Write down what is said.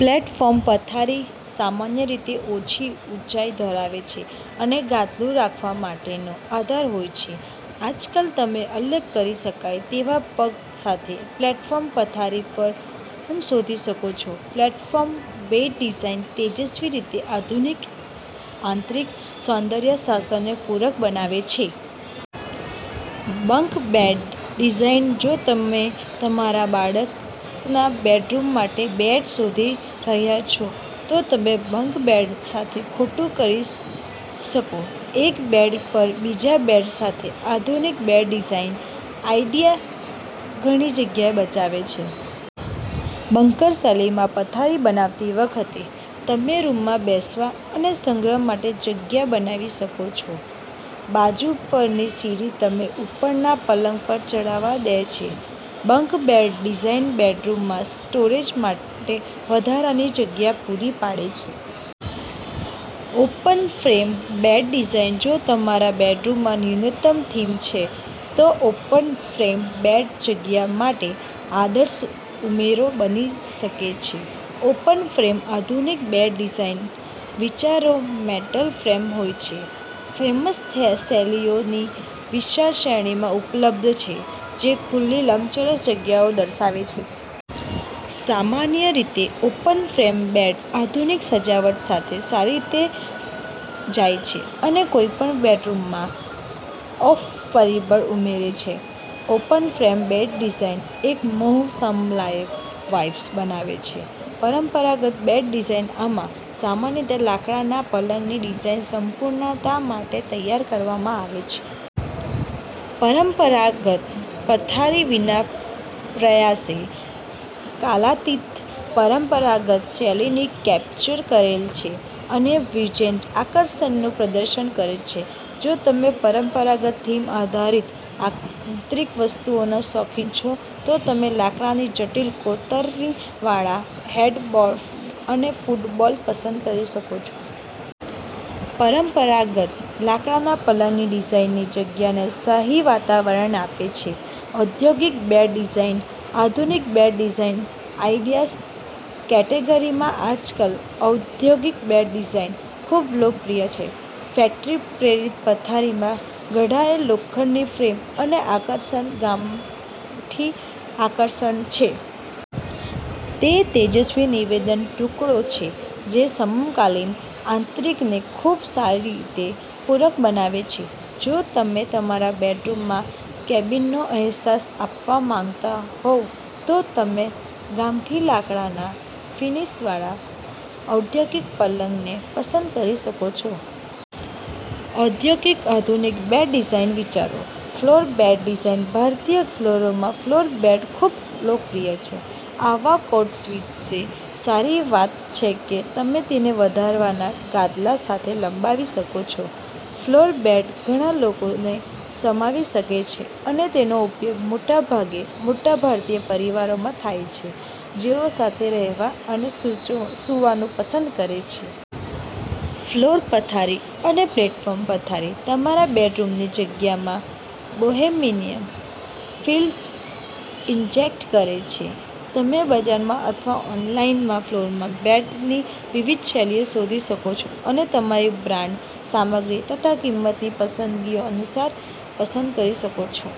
Platform પથારી સામાન્ય રીતે ઓછી ઊંચાઈ ધરાવે છે અને ગાદલું રાખવા માટેનો આધાર હોય છે. આજકાલ, તમે અલગ કરી શકાય તેવા પગ સાથે પ્લેટફોર્મ પથારી પણ શોધી શકો છો. પ્લેટફોર્મ બેડ ડિઝાઇન તેજસ્વી રીતે આધુનિક આંતરિક સૌંદર્ય શાસ્ત્રને પૂરક બનાવે છે. બંક બેડ ડિઝાઇન જો તમે તમારા બાળકોના બેડરૂમ માટે બેડ શોધી રહ્યા છો, તો તમે બંક બેડ સાથે ખોટું કરી શકો. એક બેડ પર બીજા બેડ સાથે, આધુનિક બેડ ડિઝાઇન આઇડિયા ઘણી જગ્યા બચાવે છે. બંકર શૈલીમાં પથારી બનાવતી વખતે, તમે રૂમમાં બેસવા અને સંગ્રહ માટે જગ્યા બનાવી શકો છો. બાજુ પરની સીડી તમને ઉપરના પલંગ પર ચઢવા દે છે. બંક બેડ ડિઝાઇન બેડરૂમમાં સ્ટોરેજ માટે વધારાની જગ્યા પૂરી પાડે છે. ઓપન ફ્રેમ બેડ ડિઝાઇન જો તમારા બેડરૂમમાં ન્યૂનતમ થીમ છે, તો ઓપન ફ્રેમ બેડ જગ્યા માટે આદર્શ ઉમેરો બની શકે છે. ઓપન-ફ્રેમ આધુનિક બેડ ડિઝાઇન વિચારોમાં મેટલ ફ્રેમ હોય છે. ફ્રેમ્સ શૈલીઓની વિશાળ શ્રેણીમાં ઉપલબ્ધ છે જે ખુલ્લી લંબચોરસ જગ્યાઓ દર્શાવે છે. સામાન્ય રીતે, ઓપન ફ્રેમ બેડ આધુનિક સજાવટ સાથે સારી રીતે જાય છે અને કોઈપણ બેડરૂમમાં ઓમ્ફ પરિબળ ઉમેરે છે. ઓપન ફ્રેમ બેડ ડિઝાઇન એક મોહક સમકાલીન વાઇબ બનાવે છે. પરંપરાગત બેડ ડિઝાઇન આમાં સામાન્ય રીતે લાકડાના પલંગની ડિઝાઇન સંપૂર્ણતા માટે તૈયાર કરવામાં આવે છે. પરંપરાગત પથારી વિના પ્રયાસે કાલાતીત પરંપરાગત શૈલીને કેપ્ચર કરે છે અને વિન્ટેજ આકર્ષણનું પ્રદર્શન કરે છે. જો તમે પરંપરાગત થીમ આધારિત આંતરિક વસ્તુઓના શોખીન છો, તો તમે લાકડાની જટિલ કોતરણીવાળા હેડબોર્ડ અને ફૂટબોર્ડ પસંદ કરી શકો છો. પરંપરાગત લાકડાના પલંગની ડિઝાઇન જગ્યાને શાહી વાતાવરણ આપે છે. ઔદ્યોગિક બેડ ડિઝાઇન આધુનિક બેડ ડિઝાઇન આઇડિયા કેટેગરીમાં આજકાલ ઔદ્યોગિક બેડ ડિઝાઇન ખૂબ લોકપ્રિય છે. ફેક્ટરી-પ્રેરિત પથારીમાં ઘડાયેલ લોખંડની ફ્રેમ અને આકર્ષક ગામઠી આકર્ષણ છે. તે તેજસ્વી નિવેદન ટુકડાઓ છે જે સમકાલીન આંતરિકને ખૂબ સારી રીતે પૂરક બનાવે છે. જો તમે તમારા બેડરૂમમાં કેબિનનો અહેસાસ આપવા માંગતા હોવ તો તમે ગામઠી લાકડાના ફિનિશવાળા ઔદ્યોગિક પલંગને પસંદ કરી શકો છો. ઔદ્યોગિક આધુનિક બેડ ડિઝાઇન વિચારો. ફ્લોર બેડ ડિઝાઇન ભારતીય ઘરોમાં ફ્લોર બેડ ખૂબ લોકપ્રિય છે. આવા કોટ્સ વિશે સારી વાત છે કે તમે તેને વધારાના ગાદલા સાથે લંબાવી શકો છો. ફ્લોર બેડ ઘણા લોકોને સમાવી શકે છે અને તેનો ઉપયોગ મોટાભાગે મોટા ભારતીય પરિવારોમાં થાય છે જેઓ સાથે રહેવા અને સૂવાનું પસંદ કરે છે. ફ્લોર પથારી અને પ્લેટફોર્મ પથારી તમારા બેડરૂમની જગ્યામાં બોહેમિયન ફીલ ઇન્જેક્ટ કરે છે. તમે બજારમાં અથવા ઑનલાઇનમાં ફ્લોર બેડની વિવિધ શૈલીઓ શોધી શકો છો, અને તમારી બ્રાન્ડ, સામગ્રી તથા કિંમતની પસંદગીઓ અનુસાર પસંદ કરી શકો છો.